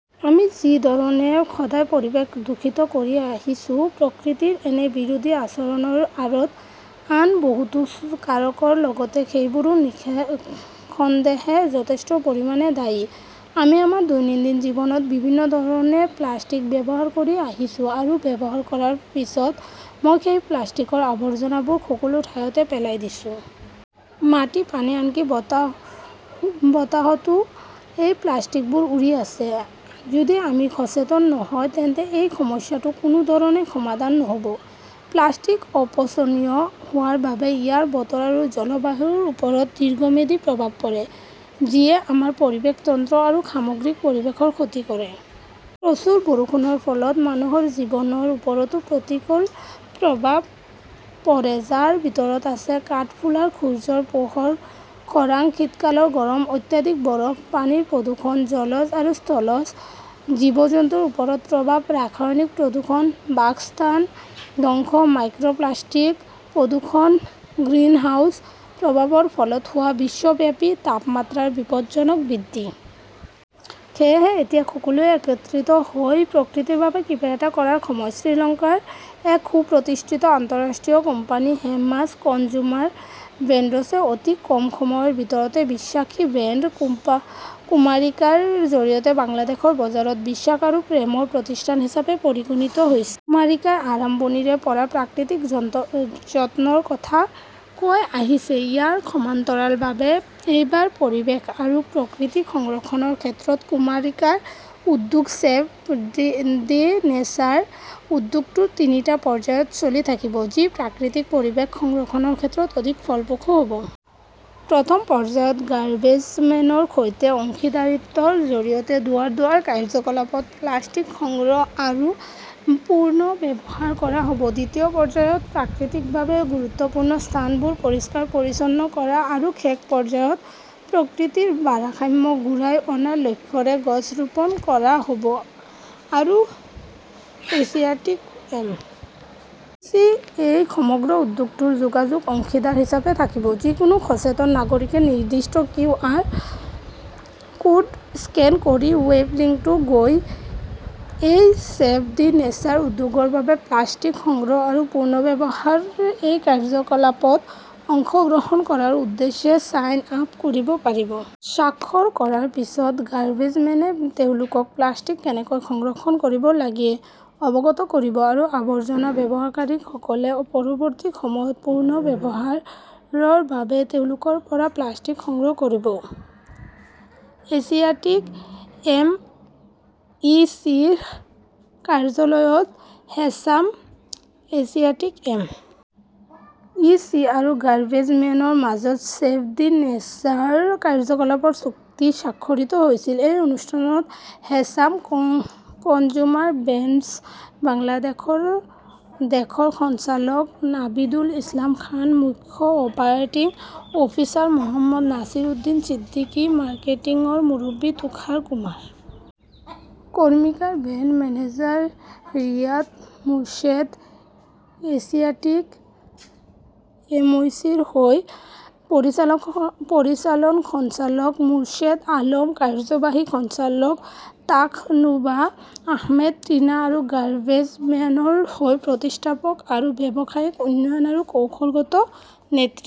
আমি যি ধৰণে সদায় পৰিৱেশ দূষিত কৰি আহিছো, প্ৰকৃতিৰ এনে বিৰোধী আচৰণৰ আঁৰত আন বহুতো কাৰকৰ লগতে সেইবোৰো নিঃসন্দেহে যথেষ্ট পৰিমাণে দায়ী। আমি আমাৰ দৈনন্দিন জীৱনত বিভিন্ন ধৰণে প্লাষ্টিক ব্যৱহাৰ কৰি আহিছো আৰু ব্যৱহাৰ কৰাৰ পিছত, মই সেই প্লাষ্টিকৰ আৱৰ্জনাবোৰ সকলো ঠাইতে পেলাই দিছোঁ । মাটি, পানী, আনকি বতাহতও এই প্লাষ্টিকবোৰ উৰি আছে। যদি আমি সচেতন নহয় তেন্তে এই সমস্যাটো কোনো ধৰণে সমাধান নহব। প্লাষ্টিক অপচনীয় হোৱাৰ বাবে ইয়াৰ বতৰ আৰু জলবায়ুৰ ওপৰত দীৰ্ঘম্যাদী প্ৰভাৱ পৰে ,যিয়ে আমাৰ পৰিৱেশ তন্ত্ৰ আৰু সামগ্ৰিক পৰিৱেশৰ ক্ষতি কৰে। প্ৰচুৰ বৰষুণৰ ফলত মানুহৰ জীৱনৰ ওপৰতো প্ৰতিকূল প্ৰভাৱ পৰে, যাৰ ভিতৰত আছে কাঠফুলাৰ সূৰ্যৰ পোহৰ, খৰাং, শীতকালৰ গৰম, অত্যাধিক বৰফ, পানীৰ প্ৰদূষণ, জলজ আৰু স্থলজ জীৱ-জন্তুৰ ওপৰত প্ৰভাৱ, ৰাসায়নিক প্ৰদূষণ, বাসস্থান ধ্বংস, মাইক্ৰ প্লাষ্টিক প্ৰদূষণ, গ্ৰিনহাউজ প্ৰভাৱৰ ফলত হোৱা বিশ্বব্যাপী তাপমাত্ৰাৰ বিপদজনক বৃদ্ধি। সেয়েহে, এতিয়া সকলোৱে একত্ৰিত হৈ প্ৰকৃতিৰ বাবে কিবা এটা কৰাৰ সময়। শ্ৰীলংকাৰ এক সুপ্ৰতিষ্ঠিত আন্তঃৰাষ্ট্ৰীয় কোম্পানী হেমাছ কনজুমাৰ ব্ৰেণ্ডছে অতি কম সময়ৰ ভিতৰতে বিশ্বাসী ব্ৰেণ্ড কুমাৰিকাৰ জৰিয়তে বাংলাদেশৰ বজাৰত বিশ্বাস আৰু প্ৰেমৰ প্ৰতিষ্ঠান হিচাপে পৰিগণিত হৈছে। কুমাৰিকাই আৰম্ভণিৰে পৰাই প্ৰাকৃতিক যত্নৰ কথা কৈ আহিছে। ইয়াৰ সমান্তৰালভাৱে, এইবাৰ পৰিৱেশ আৰু প্ৰকৃতি সংৰক্ষণৰ ক্ষেত্ৰত কুমাৰিকাৰ উদ্যোগ "চেভ দ্য নেচাৰ", উদ্যোগটো তিনিটা পৰ্যায়ত চলি থাকিব। যি প্ৰাকৃতিক পৰিৱেশ সংৰক্ষণৰ ক্ষেত্ৰত অধিক ফলপ্ৰসূ হ'ব। প্ৰথম পৰ্যায়ত গাৰ্বেজমেনৰ সৈতে অংশীদাৰিত্বৰ জৰিয়তে দুৱাৰ-দুৱাৰ কাৰ্যকলাপত প্লাষ্টিক সংগ্ৰহ আৰু পুনৰ্ব্যৱহাৰ কৰা হ'ব। দ্বিতীয় পৰ্যায়ত প্ৰাকৃতিকভাৱে গুৰুত্বপূৰ্ণ স্থানবোৰ পৰিষ্কাৰ-পৰিচ্ছন্ন কৰা আৰু শেষ পৰ্যায়ত প্ৰকৃতিৰ ভাৰসাম্য ঘূৰাই অনাৰ লক্ষ্যৰে গছ ৰোপণ কৰা হ'ব আৰু এছিয়াটিক এম. চি .এ.এই সমগ্ৰ উদ্যোগটোৰ যোগাযোগ অংশীদাৰ হিচাপে থাকিব। যিকোনো সচেতন নাগৰিকে নিৰ্দিষ্ট কিউ. আৰ. কোড স্কেন কৰি ৱেব লিংকলৈ গৈ এই '"চেভ দ্য নেচাৰ "উদ্যোগৰ বাবে প্লাষ্টিক সংগ্ৰহ আৰু পুনৰ্ব্যৱহাৰৰ এই কাৰ্যকলাপত অংশগ্ৰহণ কৰাৰ উদ্দেশ্যে ছাইন আপ কৰিব পাৰিব। স্বাক্ষৰ কৰাৰ পিছত গাৰ্বেজমেনে তেওঁলোকক প্লাষ্টিক কেনেকৈ সংৰক্ষণ কৰিব লাগে অৱগত কৰিব আৰু আৱৰ্জনা ব্যৱহাৰকাৰীসকলে পৰৱৰ্তী সময়ত পুনৰ্ব্যৱহাৰৰ বাবে তেওঁলোকৰ পৰা প্লাষ্টিক সংগ্ৰহ কৰিব। Asiatic M. ই. চি. -ৰ কাৰ্যালয়ত হেছাম, এছিয়াটিক এম. ই. চি. আৰু গাৰ্বেজম্যানৰ মাজত '"চেভ দ্য নেচাৰ" কাৰ্যকলাপৰ চুক্তি স্বাক্ষৰিত হৈছিল। এই অনুষ্ঠানত হেছাম কনজুমাৰ ব্ৰেণ্ডছ বাংলাদেশৰ দেশৰ সঞ্চালক নাভিদুল ইছলাম খান, মুখ্য অপাৰেটিং অফিচাৰ মহম্মদ নাছিৰউদ্দিন ছিদ্দিকী, মাৰ্কেটিংৰ মুৰব্বী Tushar Kumar Karmakar, brand manager Riyad Morshed, Asiatic এমইচিৰ হৈ পৰিচালন সঞ্চালক মোৰশ্বেদ আলম, কাৰ্যবাহী সঞ্চালক তাসনুভা আহমেদ টিনা আৰু গাৰ্বেজম্যানৰ হৈ প্ৰতিষ্ঠাপক আৰু ব্যৱসায়িক উন্নয়ন আৰু কৌশলগত নেতৃত্ব